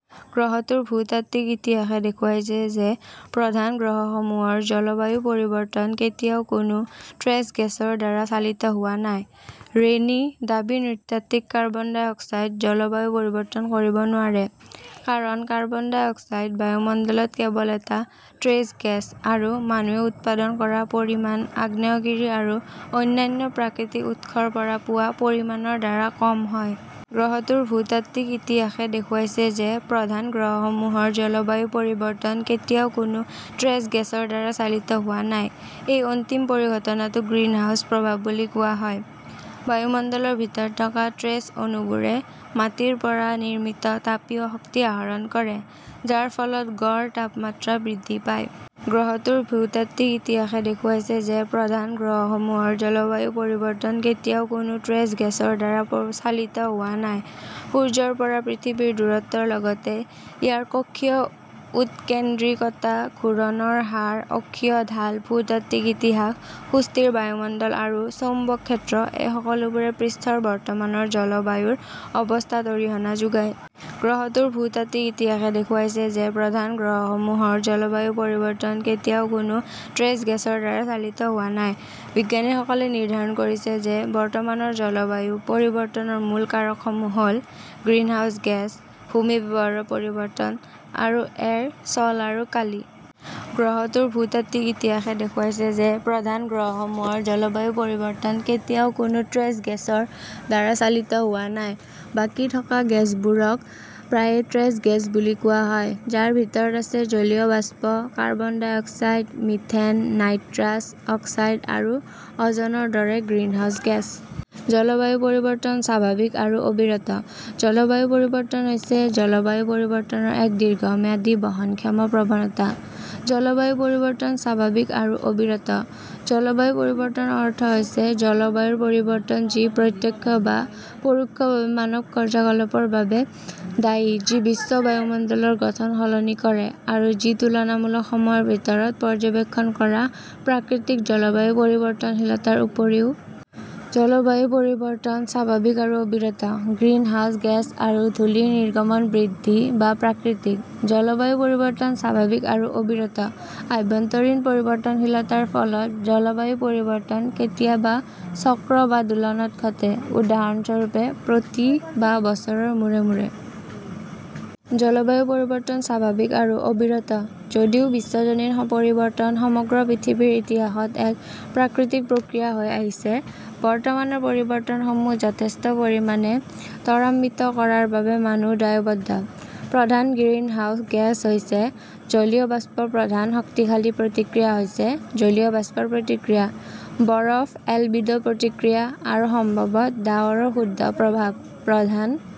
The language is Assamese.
গ্ৰহটোৰ ভূতাত্ত্বিক ইতিহাসে দেখুৱাইছে যে প্ৰধান গ্ৰহসমূহৰ জলবায়ু পৰিৱৰ্তন কেতিয়াও কোনো ট্ৰেছ গেছৰ দ্বাৰা চালিত হোৱা নাই। ৰেনী: "দাবী: নৃতাত্ত্বিক কাৰ্বন ডাই অক্সাইড জলবায়ু পৰিৱৰ্তন কৰিব নোৱাৰে, কাৰণ কাৰ্বন ডাই অক্সাইড বায়ুমণ্ডলত কেৱল এটা ট্ৰেছ গেছ আৰু মানুহে উৎপাদন কৰা পৰিমাণ আগ্নেয়গিৰি আৰু অন্যান্য প্ৰাকৃতিক উৎসৰ পৰা পোৱা পৰিমাণৰ দ্বাৰা কম হয়। গ্ৰহটোৰ ভূতাত্ত্বিক ইতিহাসে দেখুৱাইছে যে প্ৰধান গ্ৰহসমূহৰ জলবায়ু পৰিৱৰ্তন কেতিয়াও কোনো ট্ৰেছ গেছৰ দ্বাৰা চালিত হোৱা নাই। এই অন্তিম পৰিঘটনাটোক গ্ৰীণহাউছ প্ৰভাৱ বুলি কোৱা হয়ঃ বায়ুমণ্ডলৰ ভিতৰত থকা ট্ৰেছ অণুবোৰে মাটিৰ পৰা নিৰ্মিত তাপীয় শক্তি আহৰণ কৰে, যাৰ ফলত গড় তাপমাত্ৰা বৃদ্ধি পায়। গ্ৰহটোৰ ভূতাত্ত্বিক ইতিহাসে দেখুৱাইছে যে প্ৰধান গ্ৰহসমূহৰ জলবায়ু পৰিৱৰ্তন কেতিয়াও কোনো ট্ৰেছ গেছৰ দ্বাৰা চালিত হোৱা নাই। সূৰ্যৰ পৰা পৃথিৱীৰ দূৰত্বৰ লগতে ইয়াৰ কক্ষীয় উৎকেন্দ্ৰিকতা, ঘূৰণৰ হাৰ, অক্ষীয় ঢাল, ভূতাত্ত্বিক ইতিহাস, সুস্থিৰ বায়ুমণ্ডল আৰু চৌম্বক ক্ষেত্ৰ এই সকলোবোৰে পৃষ্ঠৰ বৰ্তমানৰ জলবায়ুৰ অৱস্থাত অৰিহণা যোগায়। গ্ৰহটোৰ ভূতাত্ত্বিক ইতিহাসে দেখুৱাইছে যে প্ৰধান গ্ৰহসমূহৰ জলবায়ু পৰিৱৰ্তন কেতিয়াও কোনো ট্ৰেছ গেছৰ দ্বাৰা চালিত হোৱা নাই। বিজ্ঞানীসকলে নিৰ্ধাৰণ কৰিছে যে বৰ্তমানৰ জলবায়ু পৰিৱৰ্তনৰ মূল কাৰকসমূহ হ "ল গ্ৰীণহাউচ গেছ, ভূমি ব্যৱহাৰৰ পৰিৱৰ্তন, আৰু এৰ" ছল আৰু কালি। গ্ৰহটোৰ ভূতাত্ত্বিক ইতিহাসে দেখুৱাইছে যে প্ৰধান গ্ৰহসমূহৰ জলবায়ু পৰিৱৰ্তন কেতিয়াও কোনো ট্ৰেছ গেছৰ দ্বাৰা চালিত হোৱা নাই। বাকী থকা গেছবোৰক প্ৰায়ে ট্ৰেছ গেছ বুলি কোৱা হয়, যাৰ ভিতৰত আছে জলীয় বাষ্প, carbon dioxide, methane, nitrous oxide আৰু অ 'জনৰ দৰে গ্ৰীণহাউচ গেছ। জলবায়ু পৰিৱৰ্তন স্বাভাৱিক আৰু অবিৰত। জলবায়ু পৰিৱৰ্তন হৈছে জলবায়ু পৰিৱৰ্তনৰ এক দীৰ্ঘম্যাদী, বহনক্ষম প্ৰৱণতা। জলবায়ু পৰিৱৰ্তন স্বাভাৱিক আৰু অবিৰত। জলবায়ু পৰিৱৰ্তনৰ অৰ্থ হৈছে জলবায়ুৰ পৰিৱৰ্তন যি প্ৰত্যক্ষ বা পৰোক্ষভাৱে মানৱ কাৰ্যকলাপৰ বাবে দায়ী যি বিশ্ব বায়ুমণ্ডলৰ গঠন সলনি কৰে আৰু যি তুলনামূলক সময়ৰ ভিতৰত পৰ্যবেক্ষণ কৰা প্ৰাকৃতিক জলবায়ু পৰিৱৰ্তনশীলতাৰ উপৰিও। জলবায়ু পৰিৱৰ্তন স্বাভাৱিক আৰু অবিৰত। গ্ৰিনহাউস গেছ আৰু ধূলিৰ নিৰ্গমন বৃদ্ধি বা প্ৰাকৃতিক। জলবায়ু পৰিৱৰ্তন স্বাভাৱিক আৰু অবিৰত। আভ্যন্তৰীণ পৰিৱৰ্তনশীলতাৰ ফলত জলবায়ু পৰিৱৰ্তন কেতিয়াবা চক্ৰ বা দোলনত ঘটে, উদাহৰণস্বৰূপে প্ৰতি বা বছৰৰ মূৰে মূৰে। জলবায়ু পৰিৱৰ্তন স্বাভাৱিক আৰু অবিৰত। যদিও বিশ্বজনীন পৰিৱৰ্তন সমগ্ৰ পৃথিৱীৰ ইতিহাসত এক প্ৰাকৃতিক প্ৰক্ৰিয়া হৈ আহিছে, বৰ্তমানৰ পৰিৱৰ্তনসমূহ যথেষ্ট পৰিমাণে ত্বৰান্বিত কৰাৰ বাবে মানুহ দায়বদ্ধ। প্ৰধান গ্ৰীণহাউস গেছ হৈছে জলীয় বাষ্প প্ৰধান শক্তিশালী প্ৰতিক্ৰিয়া হৈছে জলীয় বাষ্পৰ প্ৰতিক্ৰিয়া, বৰফ-এলবিডো প্ৰতিক্ৰিয়া, আৰু সম্ভৱতঃ ডাৱৰৰ শুদ্ধ প্ৰভাৱ। প্ৰধান